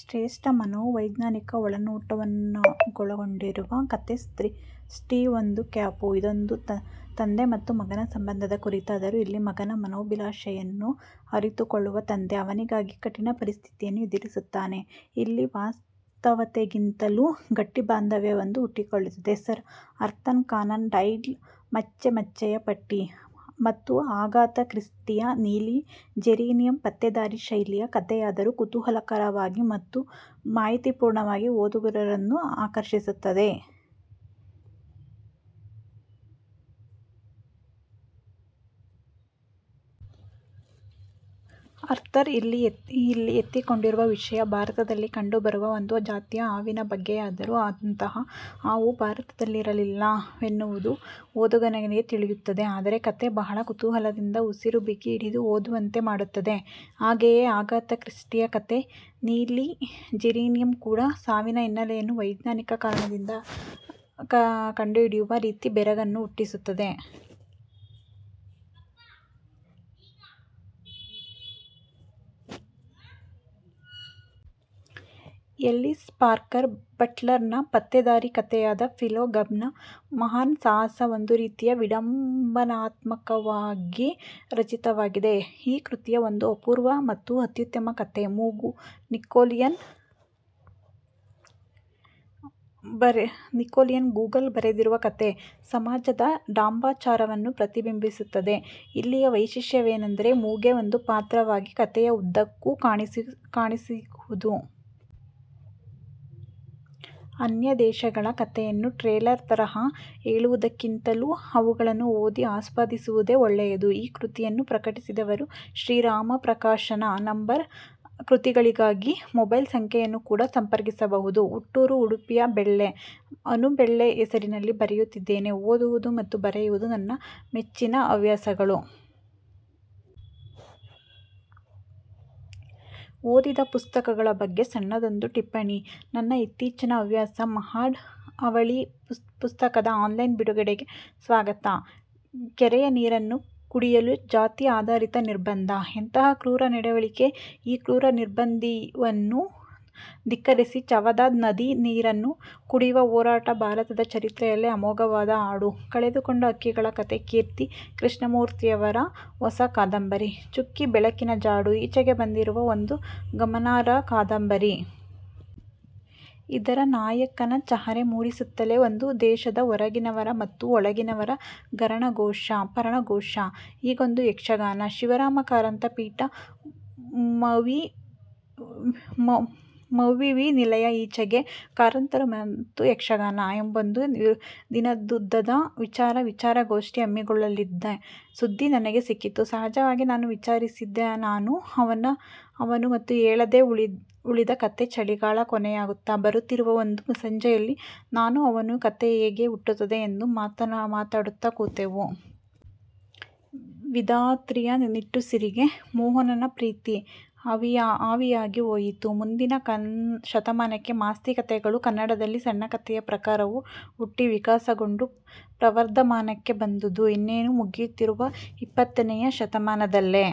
ಶ್ರೇಷ್ಠ ಮನೋ ವೈಜ್ಞಾನಿಕ ಒಳನೋಟವನ್ನೊಳಗೊಂಡಿರುವ ಕಥೆ 'ಸ್ಟೀವ್ಗೊಂದು ಕ್ಯಾಪು' ಇದೊಂದು ತಂದೆ ಮತ್ತು ಮಗನ ಸಂಬಂಧದ ಕುರಿತಾದರೂ ಇಲ್ಲಿ ಮಗನ ಮನೋಭಿಲಾಷೆಯನ್ನು ಅರಿತುಕೊಳ್ಳುವ ತಂದೆ ಅವನಿಗಾಗಿ ಕಠಿಣ ಪರಿಸ್ಥಿತಿಯನ್ನು ಎದುರಿಸುತ್ತಾನೆ. ಇಲ್ಲಿ ವಾಸ್ತವತೆಗಿಂತಲೂ ಗಟ್ಟಿ ಭಾಂದವ್ಯವೊಂದು ಹುಟ್ಟಿಕೊಳ್ಳುತ್ತದೆ. ಸರ್ ಅರ್ಥರ್ ಕಾನನ್ ಡಾಯ್ಲ್ನ 'ಮಚ್ಚೆ ಮಚ್ಚೆಯ ಪಟ್ಟಿ' ಮತ್ತು ಅಗಾಥ ಕ್ರಿಸ್ಟಿಯ 'ನೀಲಿ ಜೇರೇನಿಯಂ' ಪತ್ತೇದಾರಿ ಶೈಲಿಯ ಕಥೆಯಾದರೂ ಕುತೂಹಲಕರವಾಗಿ ಮತ್ತು ಮಾಹಿತಿಪೂರ್ಣವಾಗಿ ಓದುಗರನ್ನು ಆಕರ್ಷಿಸುತ್ತವೆ. ಅರ್ಥರ್ ಇಲ್ಲಿ ಎತ್ತಿಕೊಂಡಿರುವ ವಿಷಯ ಭಾರತದಲ್ಲಿ ಕಂಡು ಬರುವ ಒಂದು ಜಾತಿಯ ಹಾವಿನ ಬಗ್ಗೆಯಾದರೂ ಅಂತಹ ಹಾವು ಭಾರತದಲ್ಲಿರಲಿಲ್ಲವೆನ್ನುವುದು ಓದುಗನಿಗೆ ತಿಳಿಯುತ್ತದೆ. ಆದರೆ ಕಥೆ ಬಹಳ ಕುತೂಹಲದಿಂದ ಉಸಿರು ಬಿಗಿ ಹಿಡಿದು ಓದುವಂತೆ ಮಾಡುತ್ತದೆ. ಹಾಗೇಯೆ ಅಗಾಥ ಕ್ರಿಸ್ಟಿಯ ಕಥೆ 'ನೀಲಿ ಜೇರೆನಿಯಂ' ಕೂಡ. ಸಾವಿನ ಹಿನ್ನಲೆಯನ್ನು ವೈಜ್ಞಾನಿಕ ಕಾರಣದಿಂದ ಕಂಡುಹಿಡಿಯುವ ರೀತಿ ಬೆರಗನ್ನು ಹುಟ್ಟಿಸುತ್ತದೆ. ಎಲಿಸ್ ಪಾರ್ಕರ್ ಬಟ್ಲರ್ನ ಪತ್ತೇದಾರಿ ಕಥೆಯಾದ 'ಫಿಲೋ ಗಬ್ನ ಮಹಾನ್ ಸಾಹಸ' ಒಂದು ರೀತಿಯ ವಿಢಂಬನಾತ್ಮವಾಗಿ ರಚಿತವಾಗಿದೆ. ಈ ಕೃತಿಯ ಒಂದು ಅಪೂರ್ವ ಮತ್ತು ಅತ್ಯುತ್ತಮ ಕಥೆ 'ಮೂಗು', ನಿಕೊಲಾಯ್ ಗೊಗೊಲ್ ಬರೆದಿರುವ ಕಥೆ ಸಮಾಜದ ಢಂಬಾಚಾರವನ್ನು ಪ್ರತಿಬಿಂಬಿಸುತ್ತದೆ. ಇಲ್ಲಿಯ ವೈಶಿಷ್ಟ್ಯವೆಂದರೆ ಮೂಗೇ ಒಂದು ಪಾತ್ರವಾಗಿ ಕಥೆಯ ಉದ್ದಕ್ಕೂ ಕಾಣಸಿಗುವುದು. 'ಅನ್ಯ ದೇಶಗಳ' ಕಥೆಯನ್ನು ಟ್ರೇಲರ್ ತರಹ ಹೇಳುವುದಕ್ಕಿಂತಲೂ ಅವುಗಳನ್ನು ಓದಿ ಆಸ್ವಾದಿಸುವುದೇ ಒಳ್ಳೆಯದು. ಈ ಕೃತಿಯನ್ನು ಪ್ರಕಟಿಸಿದವರು ಶ್ರೀ ರಾಮ ಪ್ರಕಾಶನ, ನಂ. ಕೃತಿಗಳಿಗಾಗಿ ಮೊಬೈಲ್ ಸಂಖ್ಯೆಯನ್ನು ಕೂಡ ಸಂಪರ್ಕಿಸಬಹುದು. ಹುಟ್ಟೂರು ಉಡುಪಿಯ ಬೆಳ್ಳೆ; ಅನು ಬೆಳ್ಳೆ ಹೆಸರಿನಲ್ಲಿ ಬರೆಯುತ್ತಿದ್ದೇನೆ. ಓದುವುದು ಮತ್ತು ಬರೆಯುವುದು ನನ್ನ ಮೆಚ್ಚಿನ ಹವ್ಯಾಸಗಳು. ಓದಿದ ಪುಸ್ತಕಗಳ ಬಗ್ಗೆ ಸಣ್ಣದೊಂದು ಟಿಪ್ಪಣಿ ನನ್ನ ಇತ್ತಿಚೀನ ಹವ್ಯಾಸ. ಮಹಾಡ್ ಅವಳಿ ಪುಸ್ತಕದ ಆನ್ಲೈನ್ ಬಿಡುಗಡೆಗೆ ಸ್ವಾಗತ ಕೆರೆಯ ನೀರನ್ನು ಕುಡಿಯಲು ಜಾತಿ ಆಧಾರಿತ ನಿರ್ಬಂದ' ಎಂತಹ ಕ್ರೂರ ನಡವಳಿಕೆ. ಈ ಕ್ರೂರ ನಿರ್ಬಂಧವನ್ನು ಧಿಕ್ಕರಿಸಿ ಚವದಾರ್ ನದಿ ನೀರನ್ನು ಕುಡಿಯುವ ಹೋರಾಟ ಭಾರತದ ಚರಿತ್ರೆಯಲ್ಲೇ ಅಮೋಘವಾದ ಹಾಡು ಕಳೆದುಕೊಂಡ ಹಕ್ಕಿಗಳ ಕತೆ ಕರ್ಕಿ ಕೃಷ್ಣಮೂರ್ತಿಯವರ ಹೊಸ ಕಾದಂಬರಿ 'ಚುಕ್ಕಿ ಬೆಳಕಿನ ಜಾಡು' ಈಚೆಗೆ ಬಂದಿರುವ ಒಂದು ಗಮನಾರ್ಹ ಕಾದಂಬರಿ. ಇದರ ನಾಯಕನ ಚಹರೆ ಮೂಡಿಸುತ್ತಲೇ ಒಂದು ದೇಶದ 'ಹೊರಗಿನವರ' ಮತ್ತು 'ಒಳಗಿನವರ' ಪರಣಘೋಷ – ಹೀಗೊಂದು ಯಕ್ಷಗಾನ! ಶಿವರಾಮಕಾರಂತ ಪೀಠ, ಮಂವಿವಿನಿಲಯ ಈಚೆಗೆ 'ಕಾರಂತರು ಮತ್ತು ಯಕ್ಷಗಾನ' ಎಂಬೊಂದು ದಿನದುದ್ದದ ವಿಚಾರ ವಿಚಾರಗೋಷ್ಠಿ ಹಮ್ಮಿಕೊಳ್ಳಲಿದ್ದ ಸುದ್ಧಿ ನನಗೆ ಸಿಕ್ಕಿತು. ಸಹಜವಾಗಿ ನಾನು ವಿಚಾರಿಸಿದೆನಾನೂ ಅವನು ಮತ್ತು ಹೇಳದೇ ಉಳಿದ ಕತೆ ಚಳಿಗಾಲ ಕೊನೆಯಾಗುತ್ತಾ ಬರುತ್ತಿರುವ ಒಂದು ಮುಸ್ಸಂಜೆಯಲ್ಲಿ ನಾನೂ ಅವನೂ ಕತೆ ಹೇಗೆ ಹುಟ್ಟುತ್ತದೆ ಎಂದು ಮಾತಾಡುತ್ತಾ ಕೂತೆವು. ವಿಧಾತ್ರಿಯ ನಿಟ್ಟುಸಿರಿಗೆ ಮೋಹನನ ಪ್ರೀತಿ ಆವಿಯಾಗಿ ಹೋಯಿತು. ಮುಂದಿನ ಶತಮಾನಕ್ಕೆ ಮಾಸ್ತಿ ಕತೆಗಳು ಕನ್ನಡದಲ್ಲಿ ಸಣ್ಣಕಥೆಯ ಪ್ರಕಾರವು ಹುಟ್ಟಿ, ವಿಕಾಸಗೊಂಡು ಪ್ರವರ್ಧಮಾನಕ್ಕೆ ಬಂದುದು ಇನ್ನೇನು ಮುಗಿಯುತ್ತಿರುವ ಇಪ್ಪತ್ತನೆಯ ಶತಮಾನದಲ್ಲೆ.